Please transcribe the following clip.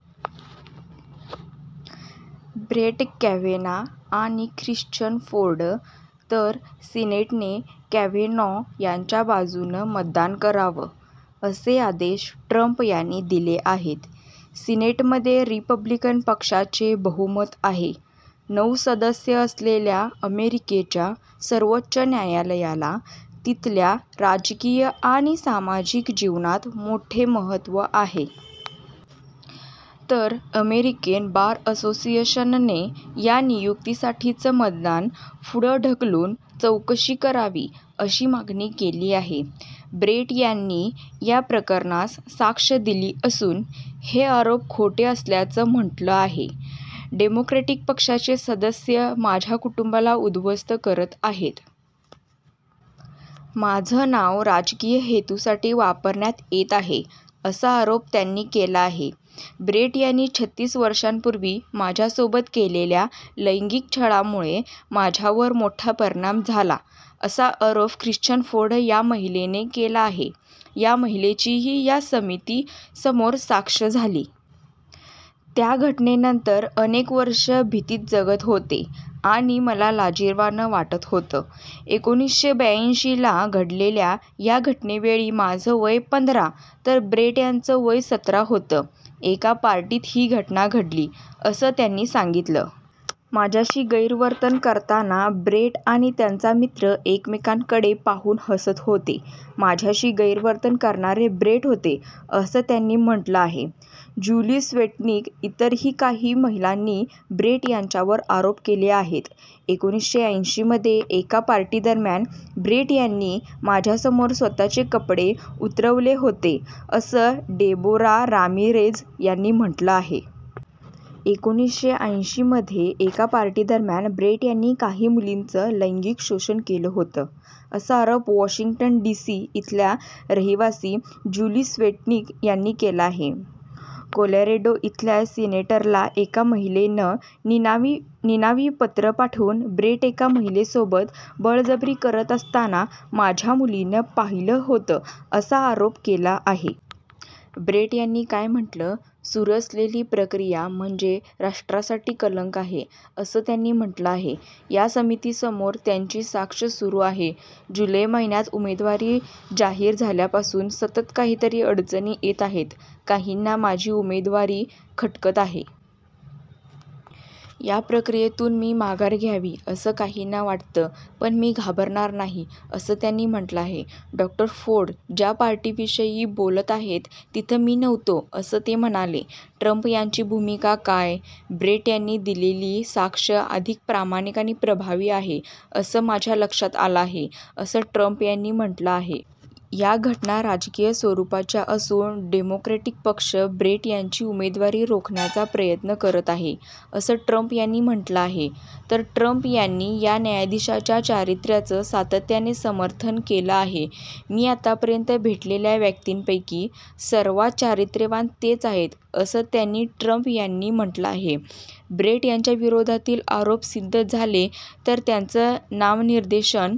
Brett Kavanaugh आणि Christine Ford तर सिनेटनं Kavanaugh यांच्या बाजूनं मतदान करावं, असे आदेश ट्रंप यांनी दिले आहेत. सिनेटमध्ये रिपब्लिकन पक्षाचे बहुमत आहे. नऊ सदस्य असलेल्या अमेरिकेच्या सर्वोच्च न्यायालयाला तिथल्या राजकीय आणि समाजिक जीवनात मोठं महत्त्व आहे. तर अमेरिकेन बार असोसिएशनने या नियुक्तीसाठीचं मतदान पुढं ढकलून चौकशी करावी अशी मागणी केली आहे. ब्रेट यांनी या प्रकरणास साक्ष दिली असून हे आरोप खोटे असल्याचं म्हटलं आहे. डेमोक्रॅटिक पक्षाचे सदस्य माझ्या कुटुंबाला उध्वस्थ करत आहेत. माझं नाव राजकीय हेतूसाठी वापरण्यात येत आहे, असा आरोप त्यांनी केला आहे. ब्रेट यांनी छत्तीस वर्षांपूर्वी माझ्यासोबत केलेल्या लैंगिक छळामुळे माझ्यावर मोठा परिणाम झाला, असा आरोप ख्रिश्चिन फोर्ड या महिलेने केला आहे. या महिलेचीही या समिती समोर साक्ष झाली. त्या घटनेनंतर अनेक वर्षं भीतीत जगत होते आणि मला लाजिरवाणं वाटत होतं. एकोणीसशे ब्याऐंशीला घडलेल्या या घटनेवेळी माझं वय पंधरा तर ब्रेट यांचं वय सतरा होतं. एका पार्टीत ही घटना घडली, असं त्यांनी सांगितलं. माझ्याशी गैरवर्तन करताना ब्रेट आणि त्यांचा मित्र एकमेकांकडे पाहून हसत होते. माझ्याशी गैरवर्तन करणारे ब्रेट होते, असं त्यांनी म्हटलं आहे. ज्यूली स्वेटनिक इतर ही काही महिलांनी ब्रेट यांच्यावर आरोप केले आहेत. एकोणीसशे ऐंशीमध्ये एका पार्टीदरम्यान ब्रेट यांनी माझ्यासमोर स्वत:चे कपडे उतरवले होते, असं डेबोरा रामिरेझ यांनी म्हटलं आहे. एकोणीसशे ऐंशीमध्ये एका पार्टीदरम्यान ब्रेट यांनी काही मुलींचं लैंगिक शोषण केलं होतं, असा आरोप वॉशिंग्टन डीसी इथल्या रहिवासी ज्यूली स्वेटनिक यांनी केला आहे. कोलॅरेडो इथल्या सिनेटरला एका महिलेनं निनावी पत्र पाठवून ब्रेट एका महिलेसोबत बळजबरी करत असताना माझ्या मुलीनं पाहिलं होतं, असा आरोप केला आहे. ब्रेट यांनी काय म्हटलं? सुरू असलेली प्रक्रिया म्हणजे राष्ट्रासाठी कलंक आहे, असं त्यांनी म्हटलं आहे. या समितीसमोर त्यांची साक्ष सुरू आहे. जुलै महिन्यात उमेदवारी जाहीर झाल्यापासून सतत काहीतर अडचणी येत आहेत. काहींना माझी उमेदवारी खटकत आहे. या प्रक्रियेतून मी माघार घ्यावी, असं काहींना वाटतं. पण मी घाबरणार नाही, असं त्यांनी म्हटलं आहे. डॉ. फोर्ड ज्या पार्टीविषयी बोलत आहेत, तिथं मी नव्हतो, असं ते म्हणाले. ट्रंप यांची भूमिका काय? ब्रेट यांनी दिलेली साक्ष अधिक प्रामाणिक आणि प्रभावी आहे असं माझ्या लक्षात आलं आहे, असं ट्रंप यांनी म्हटलं आहे. या घटना राजकीय स्वरूपाच्या असून डेमोक्रॅटिक पक्ष ब्रेट यांची उमेदवारी रोखण्याचा प्रयत्न करत आहे, असं ट्रंप यांनी म्हटलं आहे. तर ट्रंप यांनी या न्यायाधीशाच्या चारित्र्याचं सातत्याने समर्थन केलं आहे. मी आतापर्यंत भेटलेल्या व्यक्तींपैकी सर्वांत चारित्र्यवान तेच आहेत, असं त्यांनी ट्रंप यांनी म्हटलं आहे. ब्रेट यांच्या विरोधातील आरोप सिद्ध झाले तर त्यांचं नामनिर्देशन